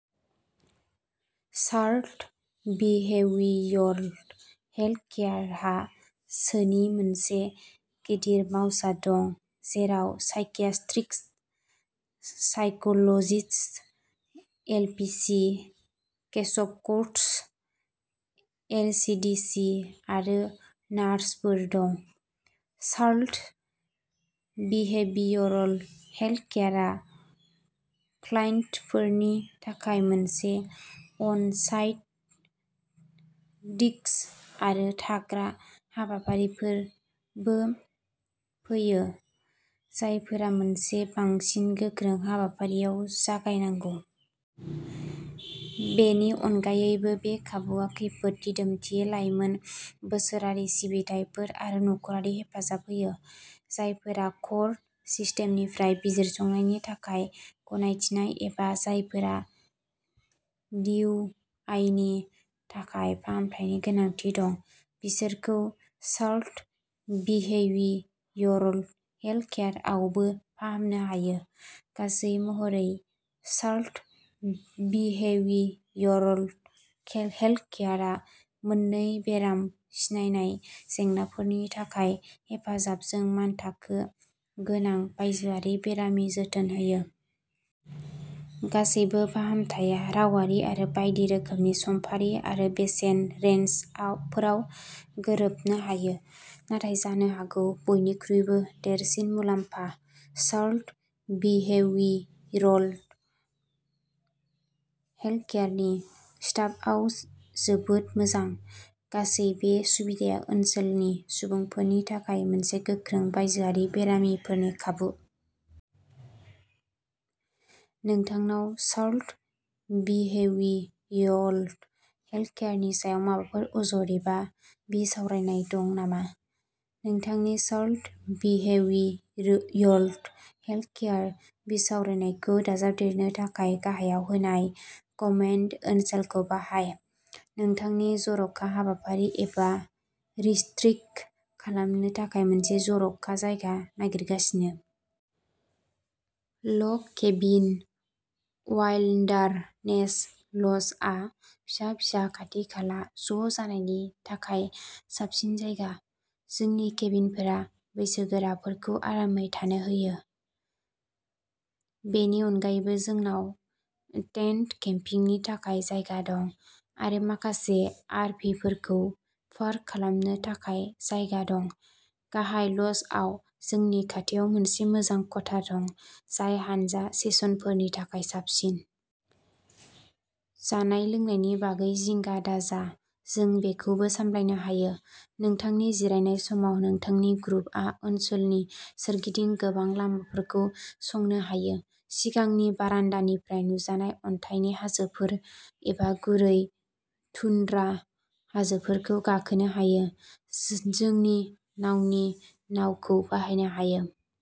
Charlotte behavioural हेल्थकेयारहा सोनि मोनसे गिदिर मावसा दं, जेराव psychiatrist, psychologist, LPC, caseworkers, LCDC आरो नार्सफोर दं। शार्लट बिहेवियरल हेल्थकेयारआ क्लाइन्टफोरनि थाखाय मोनसे अन-साइट डिटक्स आरो थाग्रा हाबाफारिबो होयो, जायफोरा मोनसे बांसिन गोख्रों हाबाफारियाव जागायनांगौ। बेनि अनगायैबो, बे खाबुआ खैफोद दिदोमथि, लाइमोन बोसोनारि सिबिथाइफोर आरो नखरारि हेफाजाब होयो। जायफोरा कर्ट सिस्टेमनिफ्राय बिजिरसंनायनि थाखाय गनायथिनाय एबा जायफोरा डिइउआइनि थाखाय फाहामथायनि गोनांथि दं, बिसोरखौ शार्लट बिहेवियरल हेल्थकेयारआवबो फाहामनो हायो। गासै महरै, शार्लट बिहेवियरल हेल्थकेयारआ मोन्नै बेराम सिनायनाय जेंनाफोरनि थाखाय हेफाजाबजों मानथाखो गोनां बायजोआरि बेरामि जोथोन होयो। गासैबो फाहामथाया गावारि आरो बायदि रोखोमनि समफारि आरो बेसेन रेन्जफोराव गोरोबनो हायो, नाथाय जानो हागौ बयनिख्रुइबो देरसिन मुलाम्फा शार्लट बिहेवियरल हेल्थकेयारनि स्टाफआ जोबोद मोजां। गासै बे सुबिदाया ओनसोलनि सुबुंफोरनि थाखाय मोनसे गोख्रों बायजोआरि बेरामिफोरनि खाबु। नोंथांनाव शार्लट बिहेवियरल हेल्थकेयारनि सायाव माबाफोर अजद एबा बिसावरायनाय दं नामा? नोंथांनि शार्लट बिहेवियरल हेल्थकेयार बिसावरायनायखौ दाजाबदेरनो थाखाय गाहायाव होनाय कमेन्ट ओनसोलखौ बाहाय। नोंथांनि जर'खा हाबाफारि एबा रिट्रिट खालामनो थाखाय मोनसे जर'खा जायगा नागिरगासिनो? लग केबिन वाइल्डारनेस ल'जआ फिसा-फिसा खाथि-खाला ज'जानायनि थाखाय साबसिन जायगा। जोंनि केबिनफोरा बैसोगोराफोरखौ आरामै थानो हायो। बेनि अनगायैबो जोंनाव टेन्ट केम्पिंनि थाखाय जायगा दं आरो माखासे आरभिफोरखौ पार्क खालामनो थाखाय जायगा दं। गाहाय ल'जआव जोंनि खाथियाव मोनसे मोजां खथा दं जाय हानजा सेसनफोरनि थाखाय साबसिन। जानाय-लोंनायनि बागै जिंगा दाजा, जों बेखौबो सामलायनो हायो। नोंथांनि जिरायनाय समाव नोंथांनि ग्रुपआ ओनसोलनि सोरगिदिं गोबां लामाफोरखौ संनो हायो, सिगांनि बारान्दानिफ्राय नुजानाय अन्थाइनि हाजोफोर एबा गुरै टुन्ड्रा हाजोफोरखौ गाखोनो हायो, जोंनि नावनि नावखौ बाहायनो हायो।